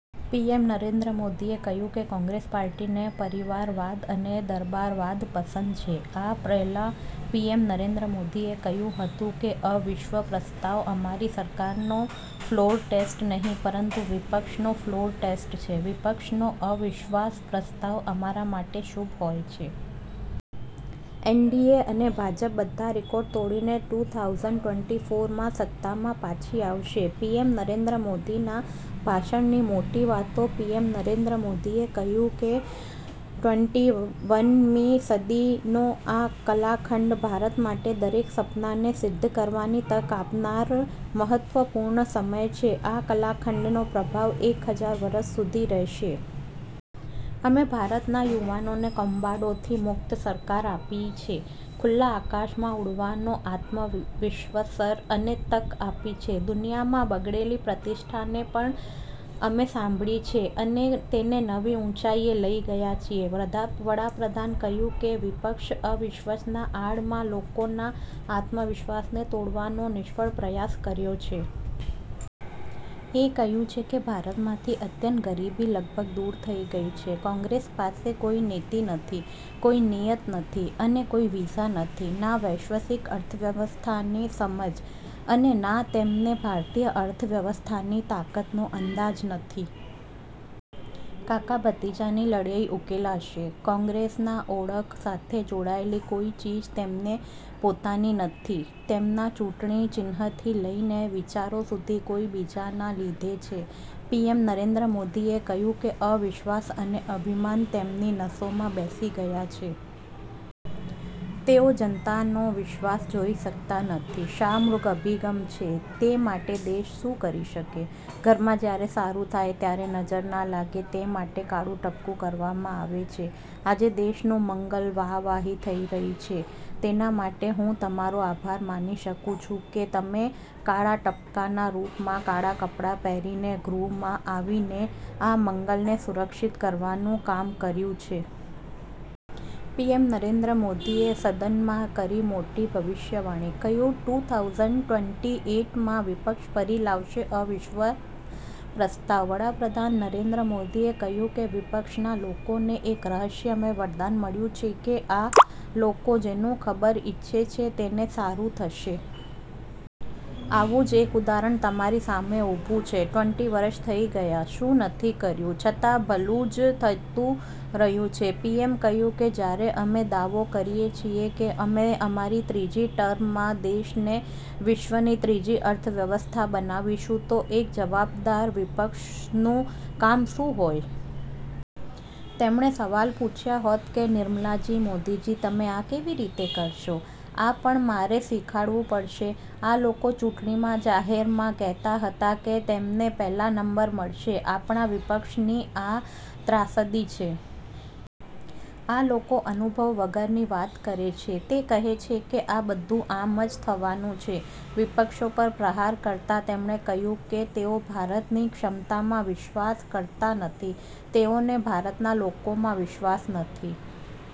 PM Narendra મોદીએ કહ્યું કે કોંગ્રેસ પાર્ટીને પરિવારવાદ અને દરબારવાદ પસંદ છે. આ પહેલા પીએમ નરેન્દ્ર મોદીએ કહ્યું હતું કે અવિશ્વાસ પ્રસ્તાવ અમારી સરકારનો ફ્લોર ટેસ્ટ નહીં પરંતુ વિપક્ષનો ફ્લોર ટેસ્ટ છે. વિપક્ષનો અવિશ્વાસ પ્રસ્તાવ અમારા માટે શુભ હોય છે. એનડીએ અને ભાજપ બધા રેકોર્ડ તોડીને ટૂ થાઉસન્ડ ટ્વેન્ટી ફોરમાં સત્તામાં પાછી આવશે પીએમ નરેન્દ્ર મોદીના ભાષણની મોટી વાતો -પીએમ નરેન્દ્ર મોદીએ કહ્યું કે ટ્વેન્ટી વનમી સદીનો આ કાલખંડ ભારત માટે દરેક સપનાને સિદ્ધ કરવાની તક આપનાર મહત્વપૂર્ણ સમય છે, આ કાલખંડનો પ્રભાવ એક હજાર વર્ષ સુધી રહેશે. અમે ભારતના યુવાનોને કૌભાંડોથી મુક્ત સરકાર આપી છે. ખુલ્લા આકાશમાં ઉડવાનો આત્મવિશ્વાસર અને તક આપી છે. દુનિયામાં બગડેલી પ્રતિષ્ઠાને પણ અમે સંભાળી છે અને તેને નવી ઊંચાઈએ લઈ ગયા છીએ. વડાપ્રધાને કહ્યું કે વિપક્ષે અવિશ્વાસની આડમાં લોકોના આત્મવિશ્વાસને તોડવાનો નિષ્ફળ પ્રયાસ કર્યો છે. એ કહ્યું છે કે ભારતમાંથી અત્યંત ગરીબી લગભગ દૂર થઈ ગઈ છે. કોંગ્રેસ પાસે કોઈ નીતિ નથી, કોઈ નિયત નથી અને કોઈ વિઝન નથી, ના વૈશ્વિક અર્થવ્યવસ્થાની સમજ અને ના તેમને ભારતીય અર્થવ્યવસ્થાની તાકાતનો અંદાજ નથી. કાકા-ભત્રીજાની લડાઈ ઉકેલાશે? કોંગ્રેસના ઓળખ સાથે જોડાયેલી કોઇ ચીજ તેમની પોતાની નથી. તેમના ચૂંટણી ચિન્હથી લઇને વિચારો સુધી કોઇ બીજાના લીધા છે. પીએમ નરેન્દ્ર મોદીએ કહ્યું કે અવિશ્વાસ અને અભિમાન તેમની નસોમાં બેસી ગયા છે. તેઓ જનતાનો વિશ્વાસ જોઈ શકતા નથી. શાહમૃગ અભિગમ છે તે માટે દેશ શું કરી શકે. ઘરમાં જ્યારે સારું થાય ત્યારે નજર ના લાગે તે માટે કાળું ટપકું કરવામાં આવે છે. આજે દેશનું મંગળ, વાહવાહી થઇ રહી છે તેના માટે હું તમારો આભાર માનું છું કે તમે કાળા ટપકાના રૂપમાં કાળા કપડા પહેરીને ગૃહમાં આવીને આ મંગળને સુરક્ષિત કરવાનું કામ કર્યું છે. પીએમ નરેન્દ્ર મોદીએ સદનમાં કરી મોટી ભવિષ્યવાણી, કહ્યું ટૂ થાઉસન્ડ ટ્વેન્ટી એઈટમાં વિપક્ષ ફરી લાવશે અવિશ્વાસ પ્રસ્તાવ -વડાપ્રધાન નરેન્દ્ર મોદીએ કહ્યું કે વિપક્ષના લોકોને એક રહસ્યમય વરદાન મળ્યું છે કે આ લોકો જેનું ખરાબ ઈચ્છે છે તેનું સારું થશે. આવું જ એક ઉદાહરણ તમારી સામે ઊભું છે. ટ્વેન્ટી વર્ષ થઈ ગયા, શું નથી કહ્યું છતા ભલું જ થતું રહ્યું છે -પીએમે કહ્યું કે જ્યારે અમે દાવો કરીએ છીએ કે અમે અમારી ત્રીજી ટર્મમાં દેશને વિશ્વની ત્રીજી અર્થવ્યવસ્થા બનાવીશું તો એક જવાબદાર વિપક્ષનું કામ શું હોય? તેમણે સવાલ પૂછ્યા હોત કે 'નિર્મલા જી, મોદીજી તમે આ કેવી રીતે કરશો? આ પણ મારે શીખવાડવું પડશે. આ લોકો ચૂંટણીમાં જાહેરમાં કહેતા હતા કે તેમને પહેલો નંબર મળશે. આપણા વિપક્ષની આ ત્રાસદી છે. આ લોકો અનુભવ વગરની વાત કરે છે. તે કહે છે કે આ બધું આમ જ થવાનું છે -વિપક્ષો પર પ્રહાર કરતા તેમણે કહ્યું કે તેઓ ભારતની ક્ષમતામાં વિશ્વાસ કરતા નથી. તેઓને ભારતના લોકોમાં વિશ્વાસ નથી.